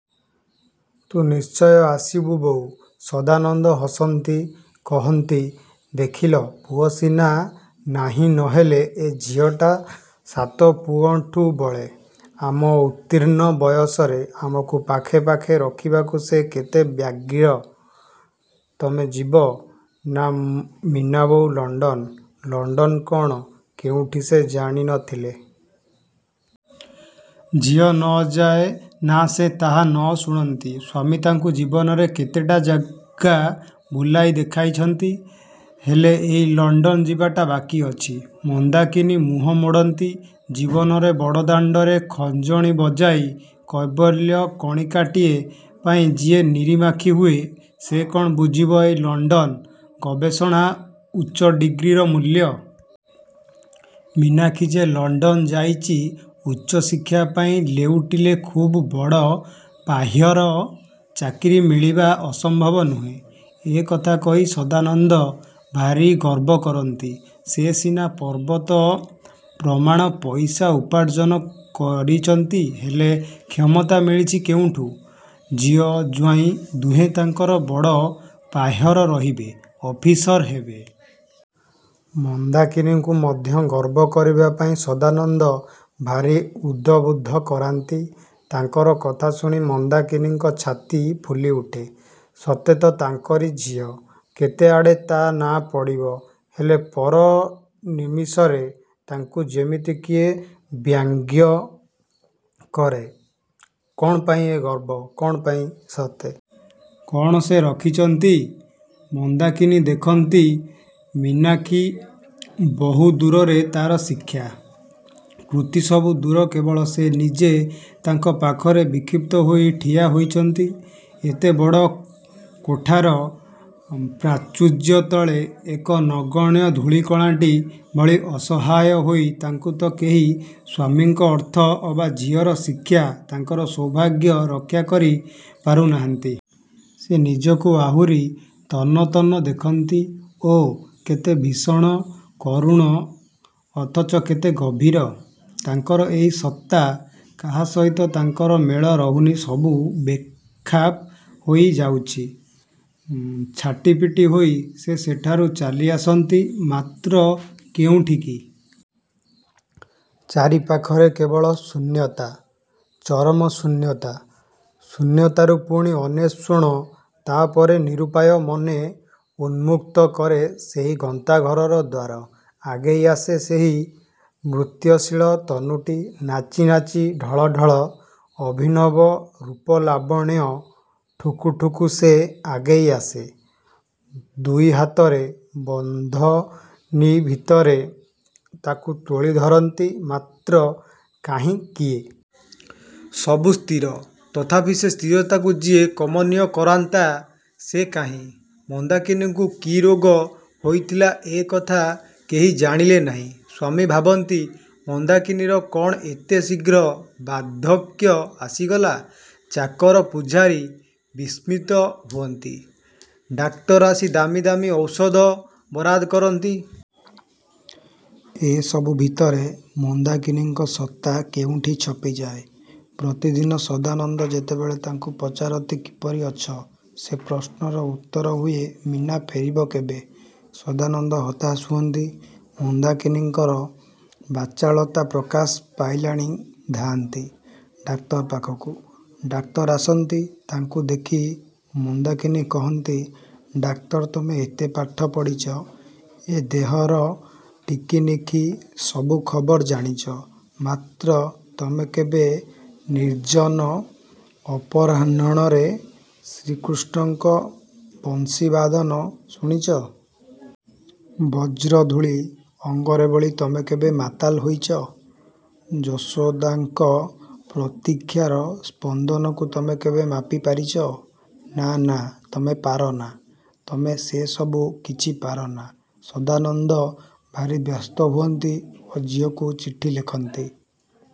ତୁ ନିଶ୍ଚୟ ଆସିବୁ ବୋଉ। ସଦାନନ୍ଦ ହସନ୍ତି କହନ୍ତି, ଦେଖିଲ ପୁଅ ସିନା ନାହିଁ ନହେଲେ ଏ ଝିଅଟା ସାତ ପୁଅଠୁଁ ବଳେ। ଆମ ଉତ୍ତୀର୍ଣ୍ଣ ବୟସରେ ଆମକୁ ପାଖେ ପାଖେ ରଖିବାକୁ ସେ କେତେ ବ୍ୟାଗ୍ର। ତମେ ଯିବ ନାଁ ମୀନାବୋଉ ଲଣ୍ଡନ? ଲଣ୍ଡନ କଣ, କେଉଁଠି ସେ ଜାଣି ନ ଥିଲେ। ଝିଅ ନ ଯାଏ ନାଁ ସେ ତାହା ନ ଶୁଣନ୍ତି। ସ୍ୱାମୀ ତାଙ୍କୁ ଜୀବନରେ କେତେଟା ଜାଗା ବୁଲାଇ ଦେଖାଇଛନ୍ତି, ହେଲେ ଏଇ ଲଣ୍ଡନ ଯିବାଟା ବାକି ଅଛି। ମନ୍ଦାକିନୀ ମୁହଁ ମୋଡ଼ନ୍ତି। ଜୀବନରେ ବଡ଼ଦାଣ୍ଡରେ ଖଞ୍ଜଣି ବଜାଇ କୈବଲ୍ୟ କଣିକାଟିଏ ପାଇଁ ଯିଏ ନିରିମାଖି ହୁଏ ସେ କଣ ବୁଝିବ ଏଇ ଲଣ୍ଡନ, ଗବେଷଣା, ଉଚ୍ଚ ଡିଗ୍ରୀର ମୂଲ୍ୟ? ମୀନାକ୍ଷୀ ଯେ ଲଣ୍ଡନ ଯାଇଚି ଉଚ୍ଚଶିକ୍ଷା ପାଇଁ ଲେଉଟିଲେ ଖୁବ୍ ବଡ଼ ପାହ୍ୟର ଚାକିରି ମିଳିବା ଅସମ୍ଭବ ନୁହେଁ। ଏ କଥା କହି ସଦାନନ୍ଦ ଭାରୀ ଗର୍ବକରନ୍ତି। ସେ ସିନା ପର୍ବତ ପ୍ରମାଣ ପଇସା ଉପାର୍ଜନ କରିଚନ୍ତି ହେଲେ କ୍ଷମତା ମିଳିଛି କେଉଁଠୁ? ଝିଅ, ଜ୍ଵାଇଁ ଦୁହେଁ ତାଙ୍କର ବଡ଼ ପାହ୍ୟର ରହିବେ, ଅଫିସର ହେବେ। ମନ୍ଦାକିନୀଙ୍କୁ ମଧ୍ୟ ଗର୍ବ କରିବାପାଇଁ ସଦାନନ୍ଦ ଭାରୀ ଉଦବୁଦ୍ଧ କରାନ୍ତି। ତାଙ୍କର କଥା ଶୁଣି ମନ୍ଦାକିନୀଙ୍କ ଛାତି ଫୁଲିଉଠେ। ସତେ ତ ତାଙ୍କରି ଝିଅ, କେତେଆଡ଼େ ତା ନାଁ ପଡ଼ିବ। ହେଲେ ପର ନିମିଷରେ ତାଙ୍କୁ ଯେମିତି କିଏ ବ୍ୟାଗ୍ୟ କରେ। କଣ ପାଇଁ ଏ ଗର୍ବ, କଣ ପାଇଁ ସତେ? କଣ ସେ ରଖିଚନ୍ତି? ମନ୍ଦାକିନୀ ଦେଖନ୍ତି ମୀନାକ୍ଷୀ ବହୁ ଦୂରରେ ତାର ଶିକ୍ଷା, କୃତି ସବୁ ଦୂର କେବଳ ସେ ନିଜେ ତାଙ୍କ ପାଖରେ ବିକ୍ଷିପ୍ତ ହୋଇ ଠିଆ ହୋଇଚନ୍ତି। ଏତେ ବଡ଼ କୋଠାର ପ୍ରାଚୁର୍ଯ୍ୟତଳେ ଏକ ନଗଣ୍ୟ ଧୂଳିକଣାଟି ଭଳି ଅସହାୟ ହୋଇ ତାଙ୍କୁ ତ କେହି ସ୍ୱାମୀଙ୍କ ଅର୍ଥ ଅବା ଝିଅର ଶିକ୍ଷା ତାଙ୍କର ସୌଭାଗ୍ୟ ରକ୍ଷା କରି ପାରୁ ନାହାନ୍ତି। ସେ ନିଜକୁ ଆହୁରି ତନ୍ନ ତନ୍ନ ଦେଖନ୍ତି। ଓଃ, କେତେ ଭୀଷଣ, କରୁଣ ଅଥଚ କେତେ ଗଭୀର। ତାଙ୍କର ଏଇ ସତ୍ତା କାହା ସହିତ ତାଙ୍କର ମେଳ ରହୁନି ସବୁ ବେଖାପ ହୋଇ ଯାଉଚି। ଛାଟି ପିଟି ହୋଇ ସେ ସେଠାରୁ ଚାଲିଆସନ୍ତି, ମାତ୍ର କେଉଁଠିକି? ଚାରିପାଖରେ କେବଳ ଶୂନ୍ୟତା, ଚରମଶୂନ୍ୟତା । ଶୂନ୍ୟତାରୁ ପୁଣି ଅନ୍ୱେଷଣ ତାପରେ ନିରୂପାୟ ମନେ ଉନ୍ମୁକ୍ତ କରେ ସେହି ଗନ୍ତାଘରର ଦ୍ୱାର। ଆଗେଇ ଆସେ ସେହି ନୃତ୍ୟଶୀଳ ତନୁଟି। ନାଚି ନାଚି, ଢଳ ଢଳ, ଅଭିନବ ରୂପଲାବଣ୍ୟ ଠୁକୁ ଠୁକୁ ସେ ଆଗେଇ ଆସେ। ଦୁଇହାତରେ ବନ୍ଧନୀଭିତରେ ତାକୁ ତୋଳି ଧରନ୍ତି, ମାତ୍ର କାହିଁ କିଏ? ସବୁ ସ୍ଥିର, ତଥାପି ସେ ସ୍ଥିରତାକୁ ଯିଏ କମନୀୟ କରନ୍ତା, ସେ କାହିଁ? ମନ୍ଦାକିନୀଙ୍କୁ କି ରୋଗ ହୋଇଥିଲା ଏ କଥା କେହି ଜାଣିଲେ ନାହିଁ। ସ୍ଵାମୀ ଭାବନ୍ତି, ମନ୍ଦାକିନୀର କଣ ଏତେ ଶୀଘ୍ର ବାର୍ଦ୍ଧକ୍ୟ ଆସିଗଲା? ଚାକର ପୁଝାରୀ ବିସ୍ମିତ ହୁଅନ୍ତି, ଡାକ୍ତର ଆସି ଦାମି ଦାମି ଔଷଧ ବରାଦ କରନ୍ତି। ଏସବୁ ଭିତରେ ମନ୍ଦାକିନୀଙ୍କ ସତ୍ତା କେଉଁଠି ଛପିଯାଏ, ପ୍ରତିଦିନ ସଦାନନ୍ଦ ଯେତେବେଳେ ତାଙ୍କୁ ପଚାରନ୍ତି କିପରି ଅଛ? ସେ ପ୍ରଶ୍ନର ଉତ୍ତର ହୁଏ ମୀନା ଫେରିବ କେବେ? ସଦାନନ୍ଦ ହତାଶ ହୁଅନ୍ତି। ମନ୍ଦାକିନୀଙ୍କର ବାଚାଳତା ପ୍ରକାଶ ପାଇଲାଣି ଧାଆଁନ୍ତି ଡାକ୍ତର ପାଖକୁ, ଡାକ୍ତର ଆସନ୍ତି। ତାଙ୍କୁ ଦେଖି ମନ୍ଦାକିନୀ କହନ୍ତି ଡାକ୍ତର ତମେ ଏତେ ପାଠ ପଢ଼ିଚ, ଏ ଦେହର ଟିକିନିଖି ସବୁ ଖବର ଜାଣିଚ, ମାତ୍ର ତମେ କେବେ ନିର୍ଜନ ଅପରାହ୍ନଣରେ ଶ୍ରୀକୃଷ୍ଣଙ୍କ ବଂଶୀବାଦନ ଶୁଣିଚ? ବ୍ରଜଧୂଳି ଅଙ୍ଗରେ ବୋଳି, ତମେ କେବେ ମାତାଲ୍ ହୋଇଚ? ଯଶୋଦାଙ୍କ ପ୍ରତୀକ୍ଷାର ସ୍ପନ୍ଦନକୁ ତମେ କେବେ ମାପି ପାରିଚ? ନାଁ ନାଁ ତମେ ପାରନା, ତମେ ସେସବୁ କିଛି ପାରନା । ସଦାନନ୍ଦ ଭାରୀ ବ୍ୟସ୍ତ ହୁଅନ୍ତି ଓ ଝିଅକୁ ଚିଠି ଲେଖନ୍ତି ।